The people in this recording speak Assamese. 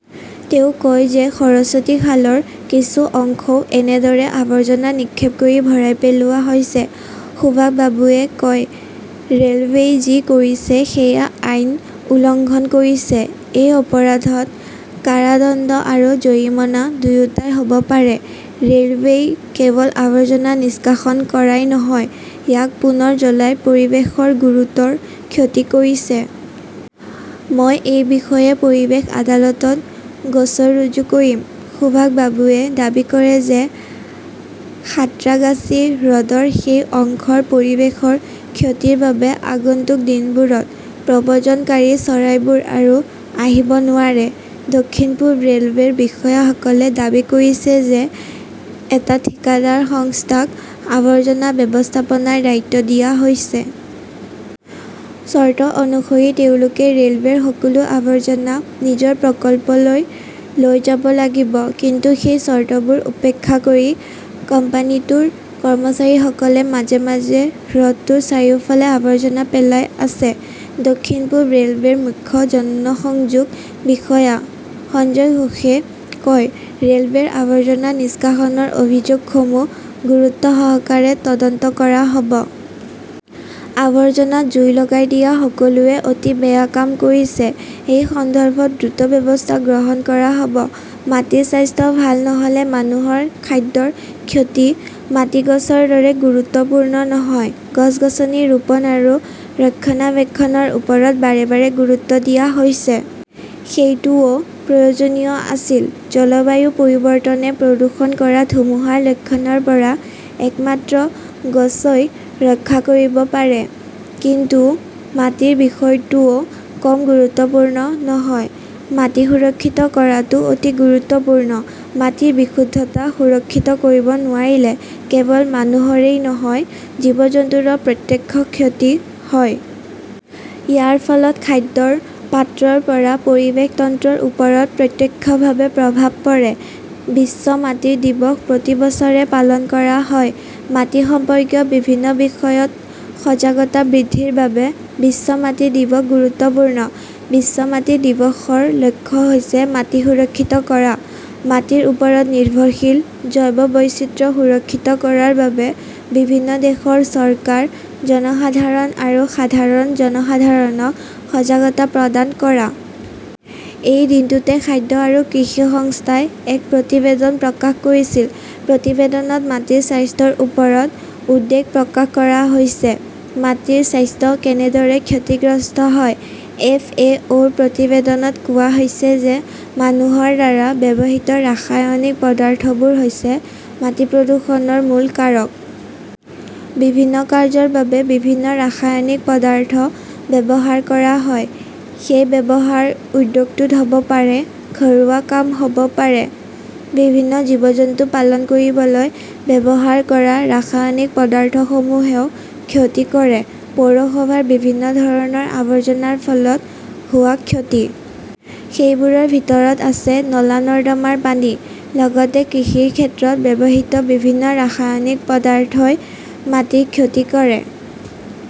তেওঁ কয় যে সৰস্বতী খালৰ কিছু অংশও এনেদৰে আবৰ্জনা নিক্ষেপ কৰি ভৰাই পেলোৱা হৈছে। সুভাষ বাবুৱে কয়, ৰেলৱেই যি কৰিছে সেইয়া আইন উলংঘন কৰিছে। এই অপৰাধত কাৰাদণ্ড আৰু জৰিমনা দুয়োটাই হব পাৰে। ৰেলৱেই কেৱল আৱৰ্জনা নিষ্কাশন কৰাই নহয়, ইয়াক পুনৰ জ্বলাই পৰিৱেশৰ গুৰুতৰ ক্ষতি কৰিছে। মই এই বিষয়ে পৰিৱেশ আদালতত গোচৰ ৰুজু কৰিম। সুভাষ বাবুৱে দাবী কৰে যে সাঁত্ৰাগাছী হ্ৰদৰ সেই অংশৰ পৰিৱেশৰ ক্ষতিৰ বাবে আগন্তুক দিনবোৰত প্ৰব্ৰজনকাৰী চৰাইবোৰ আৰু আহিব নোৱাৰে। দক্ষিণ-পূব ৰেলৱেৰ বিষয়াসকলে দাবী কৰিছে যে এটা ঠিকাদাৰ সংস্থাক আৱৰ্জনা ব্যৱস্থাপনাৰ দায়িত্ব দিয়া হৈছে। চৰ্ত অনুসৰি, তেওঁলোকে ৰেলৱেৰ সকলো আৱৰ্জনা নিজৰ প্ৰকল্পলৈ লৈ যাব লাগিব। কিন্তু সেই চৰ্তবোৰ উপেক্ষা কৰি কোম্পানীটোৰ কৰ্মচাৰীসকলে মাজে-মাজে হ্ৰদটোৰ চাৰিওফালে আৱৰ্জনা পেলাই আছে। দক্ষিণ-পূব ৰেলৱেৰ মুখ্য জনসংযোগ বিষয়া সঞ্জয় ঘোষে কয়, ৰেলৱেৰ আৱৰ্জনা নিষ্কাশনৰ অভিযোগসমূহ গুৰুত্বসহকাৰে তদন্ত কৰা হব। আৱৰ্জনাত জুই লগাই দিয়া সকলোৱে অতি বেয়া কাম কৰিছে। এই সন্দৰ্ভত দ্ৰুত ব্যৱস্থা গ্ৰহণ কৰা হব। মাটিৰ স্বাস্থ্য ভাল নহলে মানুহৰ খাদ্যৰ ক্ষতি মাটি গছৰ দৰে গুৰুত্বপূৰ্ণ নাছিল। গছ-গছনি ৰোপণ আৰু ৰক্ষণাবেক্ষণৰ ওপৰত বাৰে বাৰে গুৰুত্ব দিয়া হৈছে। সেইটোও প্ৰয়োজনীয় আছিল। জলবায়ু পৰিৱৰ্তনে প্ৰদৰ্শন কৰা ধুমুহাৰ লক্ষণৰ পৰা একমাত্ৰ গছই ৰক্ষা কৰিব পাৰে। কিন্তু মাটিৰ বিষয়টোও কম গুৰুত্বপূৰ্ণ নহয়। মাটি সুৰক্ষিত কৰাটো অতি গুৰুত্বপূৰ্ণ। মাটিৰ বিশুদ্ধতা সুৰক্ষিত কৰিব নোৱাৰিলে কেৱল মানুহৰেই নহয়, জীৱ-জন্তুৰো প্ৰত্যক্ষ ক্ষতি হয়। ইয়াৰ ফলত খাদ্যৰ পাত্ৰৰ পৰা পৰিৱেশ তন্ত্ৰৰ ওপৰত প্ৰত্যক্ষভাৱে প্ৰভাৱ পৰে। 'বিশ্ব মাটি দিৱস'প্ৰতি বছৰে পালন কৰা হয়। মাটি সম্পৰ্কীয় বিভিন্ন বিষয়ত সজাগতা বৃদ্ধিৰ বাবে 'বিশ্ব মাটি দিৱস'গুৰুত্বপূৰ্ণ।'বিশ্ব মাটি দিৱস'ৰ লক্ষ্য হৈছে মাটি সুৰক্ষিত কৰা, মাটিৰ ওপৰত নিৰ্ভৰশীল জৈৱ বৈচিত্ৰ্য সুৰক্ষিত কৰাৰ বাবে বিভিন্ন দেশৰ চৰকাৰ, জনসাধাৰণ আৰু সাধাৰণ জনসাধাৰণক সজাগতা প্ৰদান কৰা। এই দিনটোতে খাদ্য আৰু কৃষি সংস্থাই এক প্ৰতিবেদন প্ৰকাশ কৰিছিল। প্ৰতিবেদনত মাটিৰ স্বাস্থ্যৰ ওপৰত উদ্বেগ প্ৰকাশ কৰা হৈছে। মাটিৰ স্বাস্থ্য কেনেদৰে ক্ষতিগ্ৰস্ত হয়? এফ. এ. অ -ৰ প্ৰতিবেদনত কোৱা হৈছে যে মানুহৰ দ্বাৰা ব্যৱহৃত ৰাসায়নিক পদাৰ্থবোৰ হৈছে মাটি প্ৰদূষণৰ মূল কাৰক। বিভিন্ন কাৰ্য্যৰ বাবে বিভিন্ন ৰাসায়নিক পদাৰ্থ ব্যৱহাৰ কৰা হয়। সেই ব্যৱহাৰ উদ্যোগটোত হ 'ব পাৰে, ঘৰুৱা কাম হ ব পাৰে। বিভিন্ন জীৱ-জন্তু পালন কৰিবলৈ ব্যৱহাৰ কৰা ৰাসায়নিক পদাৰ্থসমূহেও ক্ষতি কৰে। পৌৰসভাৰ বিভিন্ন ধৰণৰ আৱৰ্জনাৰ ফলত হোৱা ক্ষতি। সেইবোৰৰ ভিতৰত আছে নলা-নৰ্দমাৰ পানী। লগতে কৃষিৰ ক্ষেত্ৰত ব্যৱহৃত বিভিন্ন ৰাসায়নিক পদাৰ্থই মাটিৰ ক্ষতি কৰে।